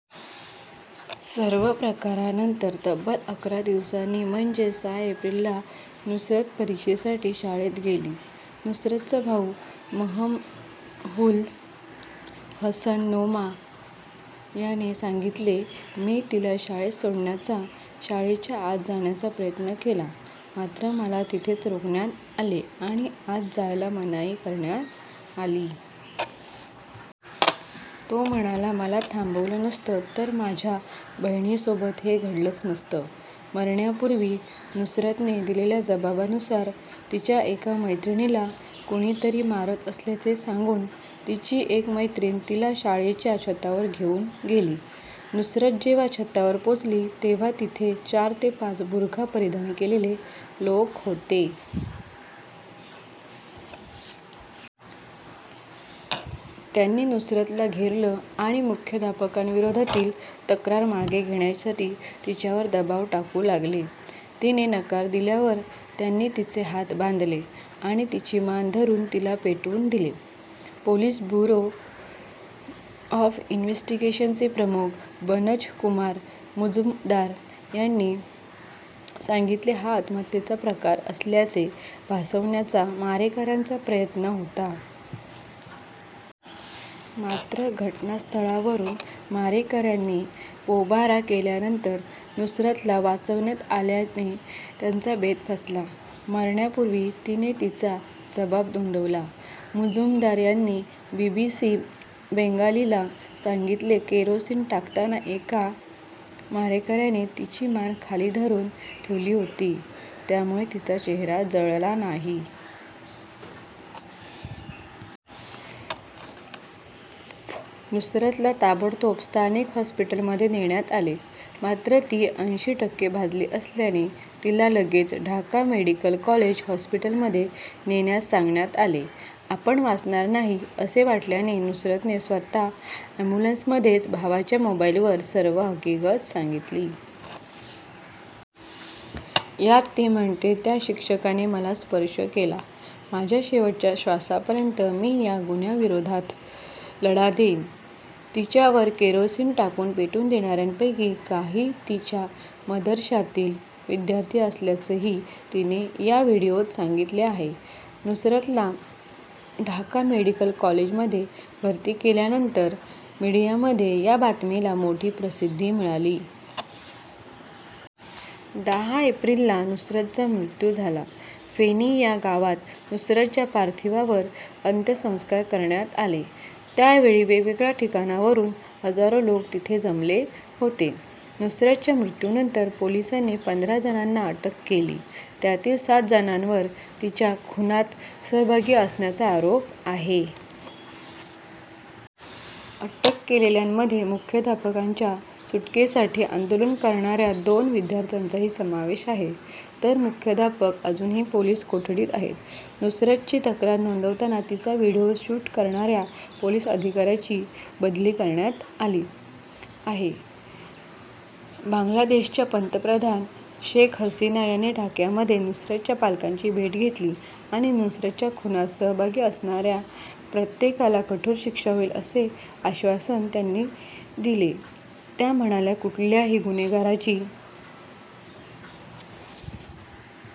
सर्व प्रकारानंतर तब्बल अकरा दिवसांनी म्हणजे सहा एप्रिलला नुसरत परीक्षेसाठी शाळेत गेली. नुसरतचा भाऊ महमद्दुल हसन नोमा याने सांगितले, मी तिला शाळेत सोडण्याचा, शाळेच्या आत जाण्याचा प्रयत्न केला. मात्र मला तिथेच रोखण्यात आले आणि आत जायला मनाई करण्यात आली. तो म्हणतो मला थांबवलं नसतं तर माझ्या बहिणीसोबत हे घडलंच नसतं. मरण्यापूर्वी नुसरतने दिलेल्या जबाबानुसार तिच्या एका मैत्रिणीला कुणीतरी मारत असल्याचे सांगून तिची एक मैत्रीण तिला शाळेच्या छतावर घेऊन गेली. नुसरत जेव्हा छतावर पोहोचली तेव्हा तिथे चार ते पाच बुरखा परिधान केलेले लोक होते. त्यांनी नुसरतला घेरलं आणि मुख्याध्यापकाविरोधातील तक्रार मागे घेण्यासाठी तिच्यावर दबाव टाकू लागले. तिने नकार दिल्यावर त्यांनी तिचे हात बांधले आणि तिची मान धरून तिला पेटवून दिले. पोलीस ब्युरो ऑफ इन्वेस्टिगेशनचे प्रमुख बनज कुमार मुजुमदार यांनी सांगितले हा आत्महत्येचा प्रकार असल्याचे भासवण्याचा मारेकऱ्यांचा प्रयत्न होता. मात्र घटनास्थळावरून मारेकऱ्यांनी पोबारा केल्यानंतर नुसरतला वाचवण्यात आल्याने त्यांचा बेत फसला. मरण्यापूर्वी तिने तिचा जबाब नोंदवला. मुजुमदार यांनी बीबीसी बेंगालीला सांगितले केरोसीन टाकताना एका मारेकऱ्याने तिची मान खाली धरून ठेवली होती. त्यामुळे तिचा चेहरा जळाला नाही. नुसरतला ताबडतोब स्थानिक हॉस्पिटलमध्ये नेण्यात आले. मात्र, ती अंशी टक्के भाजली असल्याने तिला लगेच ढाका मेडिकल कॉलेज हॉस्पिटलमध्ये नेण्यास सांगण्यात आले. आपण वाचणार नाही, असे वाटल्याने नुसरतने स्वतः अॅम्ब्युलन्समध्येच भावाच्या मोबाईलवर सर्व हकीगत सांगितली. यात ती म्हणते, त्या शिक्षकाने मला स्पर्श केला. माझ्या शेवटच्या श्वासापर्यंत मी या गुन्ह्याविरोधात लढा देईन. तिच्यावर केरोसीन टाकून पेटवून देणाऱ्यांपैकी काही तिच्या मदरशातील विद्यार्थी असल्याचंही तिने या व्हिडिओत सांगितले आहे. नुसरतला ढाका मेडिकल कॉलेजमध्ये भर्ती केल्यानंतर मीडियामध्ये या बातमीला मोठी प्रसिद्धी मिळाली. दहा एप्रिलला नुसरतचा मृत्यू झाला. फेनी या गावात नुसरतच्या पार्थिवावर अंत्यसंस्कार करण्यात आले. त्या वेळी वेगवेगळ्या ठिकाणांवरून हजारो लोक तिथे जमले होते. नुसरतच्या मृत्यूनंतर पोलिसांनी पंधरा जणांना अटक केली. यातील सात जणांवर तिच्या खुनात सहभागी असण्याचा आरोप आहे. अटक केलेल्यांमध्ये मुख्याध्यापकाच्या सुटकेसाठी आंदोलन करणाऱ्या दोन विद्यार्थांचाही समावेश आहे. तर मुख्याध्यापक अजूनही पोलीस कोठडीत आहे. नुसरतची तक्रार नोंदवताना तिचा व्हिडिओ शूट करणाऱ्या पोलीस अधिकाऱ्याची बदली करण्यात आली आहे. बांगलादेशच्या पंतप्रधान शेख हसिना यांनी ढाक्यामध्ये नुसरतच्या पालकांची भेट घेतली आणि नुसरतच्या खुनात सहभागी असणाऱ्या प्रत्येकाला कठोर शिक्षा होईल असे आश्वासन त्यांनी दिले. त्या म्हणाल्या कुठल्याही गुन्हेगाराची